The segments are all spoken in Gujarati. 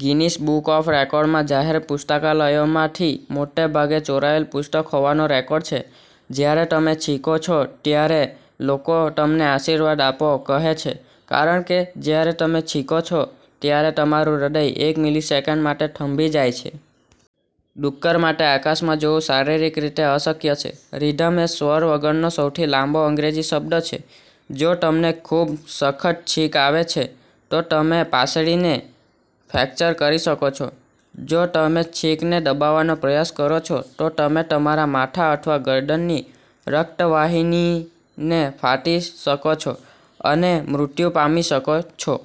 ગીનીસ બુક ઓફ રેકોર્ડમાં જાહેર પુસ્તકાલયોમાંથી મોટાભાગે ચોરાયેલ પુસ્તક હોવાનો રેકોર્ડ છે. જ્યારે તમે છીંકો છો ત્યારે લોકો "તમને આશીર્વાદ આપો" કહે છે કારણ કે જ્યારે તમે છીંકો છો, ત્યારે તમારું હૃદય એક મિલિસેકન્ડ માટે થંભી જાય છે. ડુક્કર માટે આકાશમાં જોવું શારીરિક રીતે અશક્ય છે "રિધમ" એ સ્વર વગરનો સૌથી લાંબો અંગ્રેજી શબ્દ છે. જો તમને ખૂબ સખત છીંક આવે છે, તો તમે પાંસળીને ફ્રેક્ચર કરી શકો છો. જો તમે છીંકને દબાવવાનો પ્રયાસ કરો છો, તો તમે તમારા માથા અથવા ગરદનની રક્તવાહિનીને ફાટી શકો છો અને મૃત્યુ પામી શકો છો.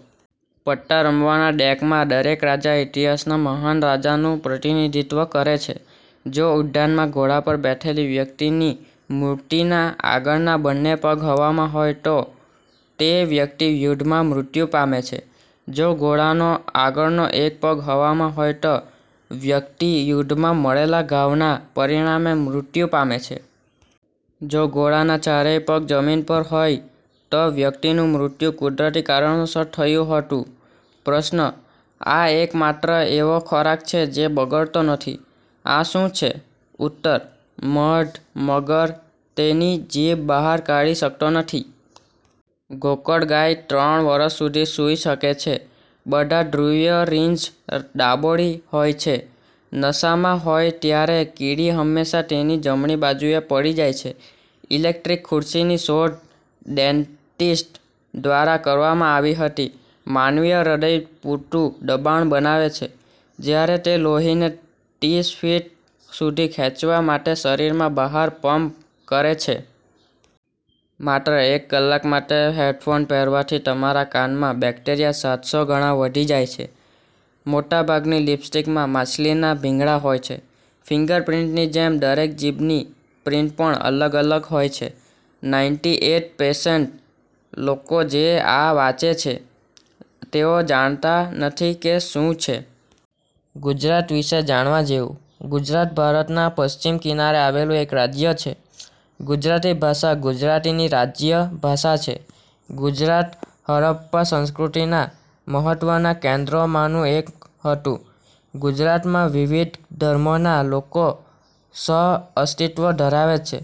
પત્તા રમવાના ડેકમાં દરેક રાજા ઇતિહાસના મહાન રાજાનું પ્રતિનિધિત્વ કરે છે. જો ઉદ્યાનમાં ઘોડા પર બેઠેલી વ્યક્તિની મૂર્તિના આગળના બંને પગ હવામાં હોય, તો તે વ્યક્તિ યુદ્ધમાં મૃત્યુ પામે છે. જો ઘોડાનો આગળનો એક પગ હવામાં હોય, તો વ્યક્તિ યુદ્ધમાં મળેલા ઘાવના પરિણામે મૃત્યુ પામે છે. જો ઘોડાના ચારેય પગ જમીન પર હોય, તો વ્યક્તિનું મૃત્યુ કુદરતી કારણોસર થયું હતું. પ્રશ્ન – આ એકમાત્ર એવો ખોરાક છે જે બગડતો નથી. આ શું છે? ઉત્તર– મધ. મગર તેની જીભ બહાર કાઢી શકતો નથી. ગોકળગાય ત્રણ વર્ષ સુધી સૂઈ શકે છે. બધા ધ્રુવીય રીંછ ડાબોડી હોય છે. નશામાં હોય ત્યારે કીડી હંમેશા તેની જમણી બાજુએ પડી જાય છે. ઇલેક્ટ્રિક ખુરશીની શોધ ડેન્ટિસ્ટ દ્વારા કરવામાં આવી હતી. માનવીય હૃદય પૂરતું દબાણ બનાવે છે, જ્યારે તે લોહીને તીસ ફીટ સુધી ખેંચવા માટે શરીરમાં બહાર પંપ કરે છે। માત્ર એક કલાક માટે હેડફોન પહેરવાથી તમારા કાનમાં બેક્ટેરિયા સાતસો ગણા વધી જાય છે. મોટાભાગની લિપસ્ટિકમાં માછલીના ભીંગડા હોય છે. ફિંગર પ્રિન્ટની જેમ દરેકની જીભની પ્રિન્ટ પણ અલગ અલગ હોય છે. નાઇનટી એઇટ પરસેન્ટ લોકો જે આ વાંચે છે, તેઓ જાણતા નથી કે શું છે. ગુજરાત વિશે જાણવા જેવું. ગુજરાત ભારતના પશ્ચિમ કિનારે આવેલું એક રાજ્ય છે. ગુજરાતી ભાષા ગુજરાતની રાજ્ય ભાષા છે. ગુજરાત હડપ્પા સંસ્કૃતિના મહત્વના કેન્દ્રોમાંનું એક હતું. ગુજરાતમાં વિવિધ ધર્મોના લોકો સહઅસ્તિત્વ ધરાવે છે.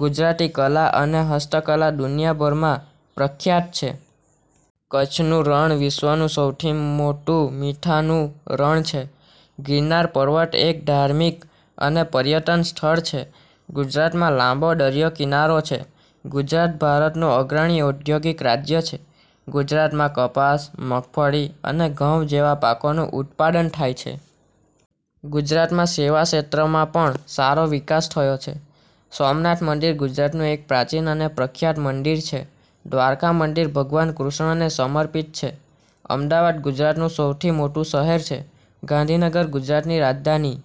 ગુજરાતી કલા અને હસ્તકલા દુનિયાભરમાં પ્રખ્યાત છે. કચ્છનું રણ વિશ્વનું સૌથી મોટું મીઠાનું રણ છે. ગીરનાર પર્વત એક ધાર્મિક અને પર્યટન સ્થળ છે. ગુજરાતમાં લાંબો દરિયાકિનારો છે. ગુજરાત ભારતનું અગ્રણી ઔદ્યોગિક રાજ્ય છે. ગુજરાતમાં કપાસ, મગફળી અને ઘઉં જેવા પાકોનું ઉત્પાદન થાય છે. ગુજરાતમાં સેવા ક્ષેત્રમાં પણ સારો વિકાસ થયો છે. સોમનાથ મંદિર ગુજરાતનું એક પ્રાચીન અને પ્રખ્યાત મંદિર છે. દ્વારકા મંદિર ભગવાન કૃષ્ણને સમર્પિત છે. અમદાવાદ ગુજરાતનું સૌથી મોટું શહેર છે. ગાંધીનગર ગુજરાતની રાજધાની